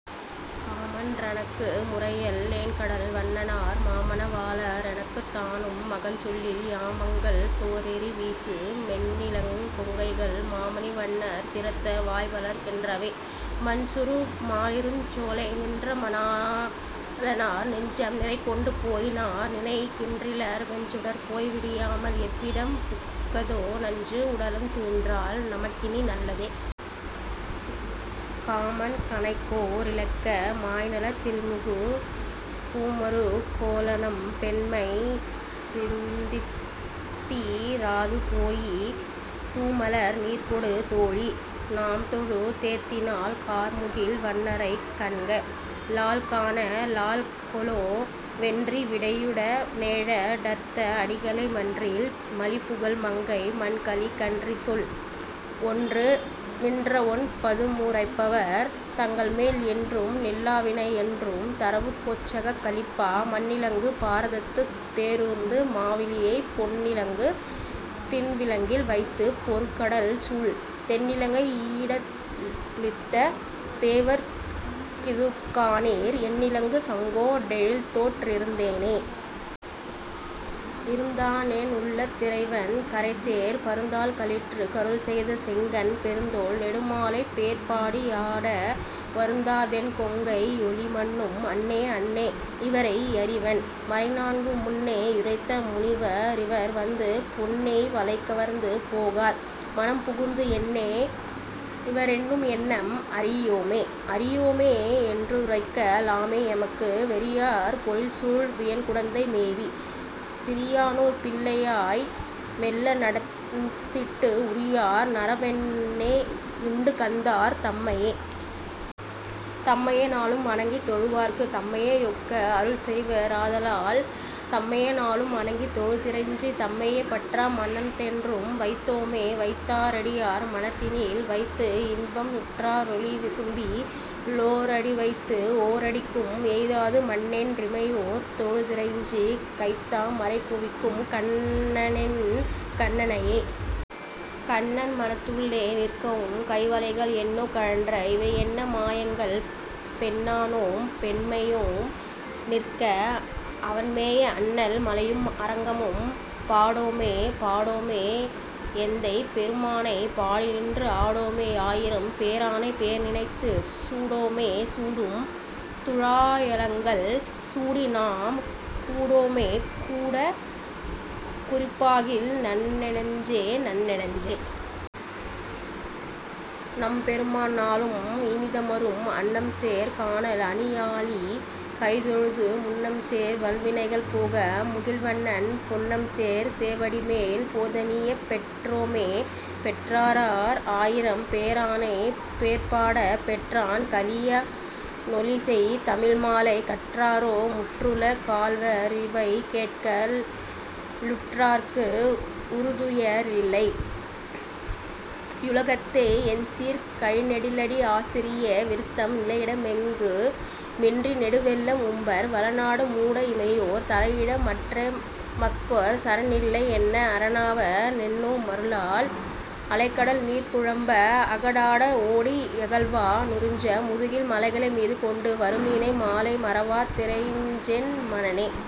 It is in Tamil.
காமன் றனக்கு முரையல் லேன்கடல் வண்ணனார், மாமண வாள ரெனக்குத் தானும் மகன்சொல்லில், யாமங்கள் தோறெரி வீசு மென்னிளங் கொங்கைகள், மாமணி வண்ணர் திறத்த வாய்வளர் கின்றவே.. மன்சுறு மாலிருஞ் சோலை நின்ற மணாளனார், நெஞ்சம் நிறைகொண்டு போயி னார்நினை கின்றிலர், வெஞ்சுடர் போய்விடி யாமல் எவ்விடம் புக்கதோ, நஞ்சு உடலம் துயின்றால் நமக்கினி நல்லதே.. காமன் கணைக்கோ ரிலக்க மாய்நலத் தில்மிகு, பூமரு கோலநம் பெண்மை சிந்தித்தி ராதுபோய் தூமலர் நீர்கொடு தோழி. நாம்தொழு தேத்தினால் கார்முகில் வண்ணரைக் கண்க ளால்காண லாங் கொலோ.. வென்றி விடையுட னேழ டர்த்த அடிகளை, மன்றில் மலிபுகழ் மங்கை மன்கலி கன்றிசொல், ஒன்று நின்றவொன் பதுமு ரைப்பவர் தங்கள்மேல் என்றும் நில்லாவினை யொன்றும் தரவு கொச்சகக் கலிப்பா மன்னிலங்கு பாரதத்துத் தேரூர்ந்து, மாவலியைப் பொன்னிலங்கு திண்விலங்கில் வைத்துப் பொருகடல்சூழ் தென்னிலங்கை யீடழித்த தேவர்க் கிதுகாணீர் என்னிலங்கு சங்கோ டெழில்தோற் றிருந்தேனே.. இருந்தானெ னுள்ளத் திறைவன், கறைசேர் பருந்தாள் களிற்றுக் கருள்செய்த, செங்கண் பெருந்தோள் நெடுமாலைப் பேர்பாடி யாட வருந்தாதென் கொங்கை யொளிமன்னும் அன்னே.. அன்னே. இவரை யறிவன், மறைநான்கும் முன்னே யுரைத்த முனிவ ரிவர்வந்து பொன்னேய் வளைகவர்ந்து போகார் மனம்புகுந்து என்னே யிவரெண்ணும் எண்ணம் அறியோமே.. அறியோமே யென்றுரைக்க லாமே எமக்கு, வெறியார் பொழில்சூழ் வியன்குடந்தை மேவி, சிறியானோர் பிள்ளையாய் மெள்ள நடந்திட்டு உறியார் நறுவெண்ணெ யுண்டுகந்தார் தம்மையே?. தம்மையே நாளும் வணங்கித் தொழுவார்க்கு, தம்மையே யொக்க அருள்செய்வ ராதலால், தம்மையே நாளும் வணங்கித் தொழுதிறைஞ்சி, தம்மையே பற்றா மனத்தென்றும் வைத்தோமே.. வைத்தா ரடியார் மனத்தினில் வைத்து, இன்பம் உற்றா ரொளிவிசும்பி லோரடிவைத்து, ஓரடிக்கும் எய்த்தாது மண்ணென் றிமையோர் தொழுதிறைஞ்சி, கைத்தா மரைகுவிக்கும் கண்ணனென் கண்ணனையே. கண்ணன் மனத்துள்ளே நிற்கவும், கைவளைகள் என்னோ கழன்ற? இவையென்ன மாயங்கள்? பெண்ணானோம் பெண்மையோம் நிற்க, அவன்மேய, அண்ணல் மலையும் அரங்கமும் பாடோமே.. பாடோமே யெந்தை பெருமானை? பாடிநின்று ஆடோமே யாயிரம் பேரானை? பேர்நினைந்து சூடோமே சூடும் துழாயலங்கல்? சூடி, நாம் கூடோமே கூடக் குறிப்பாகில்? நன்னெஞ்சே.. நன்னெஞ்சே. நம்பெருமான் நாளும் இனிதமரும், அன்னம்சேர் கானல் அணியாலி கைதொழுது, முன்னம்சேர் வல்வினைகள் போக முகில்வண்ணன், பொன்னம்சேர் சேவடிமேல் போதணியப் பெற்றோமே.. பெற்றாரார் ஆயிரம் பேரானைப், பேர்பாடப் பெற்றான் கலிய னொலிசெய் தமிழ்மாலை, கற்றாரோ முற்றுல காள்வ ரிவைகேட்க லுற்றார்க்கு, உறுதுய ரில்லை யுலகத்தே எண்சீர்க் கழிநெடிலடி ஆசிரிய விருத்தம் நிலையிட மெங்கு மின்றி நெடுவெள்ளம் உம்பர் வளநாடு மூட இமையோர் தலையிட மற்றெ மக்கொர் சரணில்லை என்ன அரணாவ னென்னு மருளால் அலைகடல் நீர்க்கு ழம்ப அகடாட ஒடி யகல்வா னுரிஞ்ச, முதுகில் மலைகளை மீது கொண்டு வருமீனை மாலை மறவா திறைஞ்சென் மனனே..